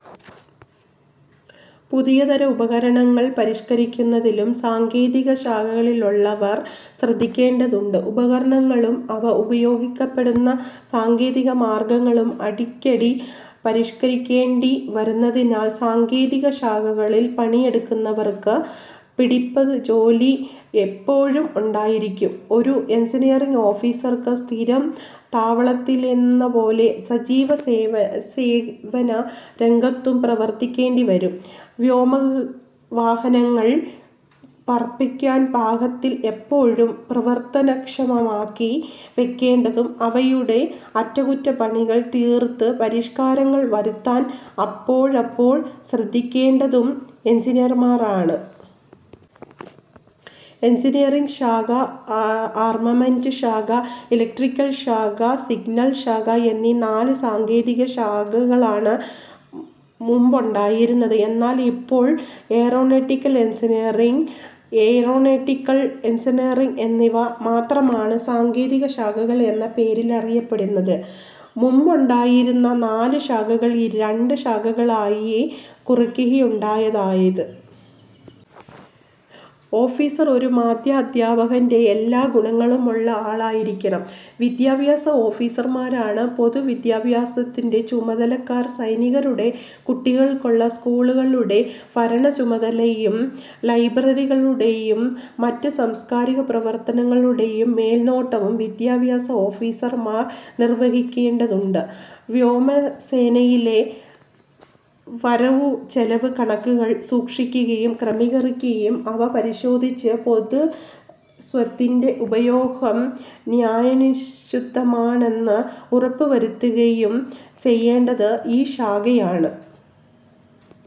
പുതിയതരം ഉപകരണങ്ങൾ പരിഷ്കരിക്കുന്നതിലും സാങ്കേതിക ശാഖകളിലുള്ളവർ ശ്രദ്ധിക്കേണ്ടതുണ്ട്. ഉപകരണങ്ങളും അവ ഉപയോഗപ്പെടുന്ന സാങ്കേതിക മാർഗങ്ങളും അടിക്കടി പരിഷ്കരിക്കേണ്ടി വരുന്നതിനാൽ സാങ്കേതിക ശാഖകളിൽ പണിയെടുക്കുന്നവർക്ക് പിടിപ്പതു ജോലി എപ്പോഴും ഉണ്ടായിരിക്കും. ഒരു എൻജിനീയറിങ് ഓഫീസർക്ക് സ്ഥിരം താവളത്തിലെന്നപോലെ സജീവ സേവ സേവന രംഗത്തും പ്രവർത്തിക്കേണ്ടി വരും. വ്യോമവാഹനങ്ങൾ പറപ്പിക്കാൻ പാകത്തിൽ എപ്പോഴും പ്രവർത്തനക്ഷമമാക്കി വെക്കേണ്ടതും, അവയുടെ അറ്റകുറ്റപ്പണികൾ തീർത്ത് പരിഷ്കാരങ്ങൾ വരുത്താൻ അപ്പോഴപ്പോൾ ശ്രദ്ധിക്കേണ്ടതും എൻജിനീയർമാരാണ്. എൻജിനീയറിങ് ശാഖ, ആർമമെന്റ് ശാഖ, ഇലക്ട്രിക്കൽ ശാഖ, സിഗ്നൽ ശാഖ എന്നീ നാല് സാങ്കേതിക ശാഖകളാണ് മുമ്പുണ്ടായിരുന്നത്. എന്നാൽ ഇപ്പോൾ എയ്റോനോട്ടിക്കൽ എൻജിനീയറിങ്, എയ്റോനോട്ടിക്കൽ എൻജിനീയറിങ് എന്നിവ മാത്രമാണ് സാങ്കേതിക ശാഖകൾ എന്ന പേരിൽ അറിയപ്പെടുന്നത്. മുമ്പുണ്ടായിരുന്ന നാല് ശാഖകൾ ഈ രണ്ട് ശാഖകളായി കുറയ്ക്കുകയുണ്ടായതായത്. ഓഫീസർ ഒരു മാത്യാധ്യാപകൻ്റെ എല്ലാ ഗുണങ്ങളുമുള്ള ആളായിരിക്കണം. വിദ്യാഭ്യാസ ഓഫീസർമാരാണ് പൊതു വിദ്യാഭ്യാസത്തിൻ്റെ ചുമതലക്കാർ. സൈനികരുടെ കുട്ടികൾക്കുള്ള സ്കൂളുകളുടെ ഫരണച്ചുമതലയും ലൈബ്രറികളുടെയും മറ്റു സാംസ്കാരിക പ്രവർത്തനങ്ങളുടെയും മേൽനോട്ടവും വിദ്യാഭ്യാസ ഓഫീസർമാർ നിർവഹിക്കേണ്ടതുണ്ട്. വ്യോമസേനയിലെ വരവുചെലവ് കണക്കുകൾ സൂക്ഷിക്കുകയും ക്രമീകരിക്കുകയും അവ പരിശോധിച്ച് പൊതു സ്വത്തിൻ്റെ ഉപയോഹം ന്യായനുസൃതമാണെന്ന് ഉറപ്പുവരുത്തുകയും ചെയ്യേണ്ടത് ഈ ശാഖയാണ്.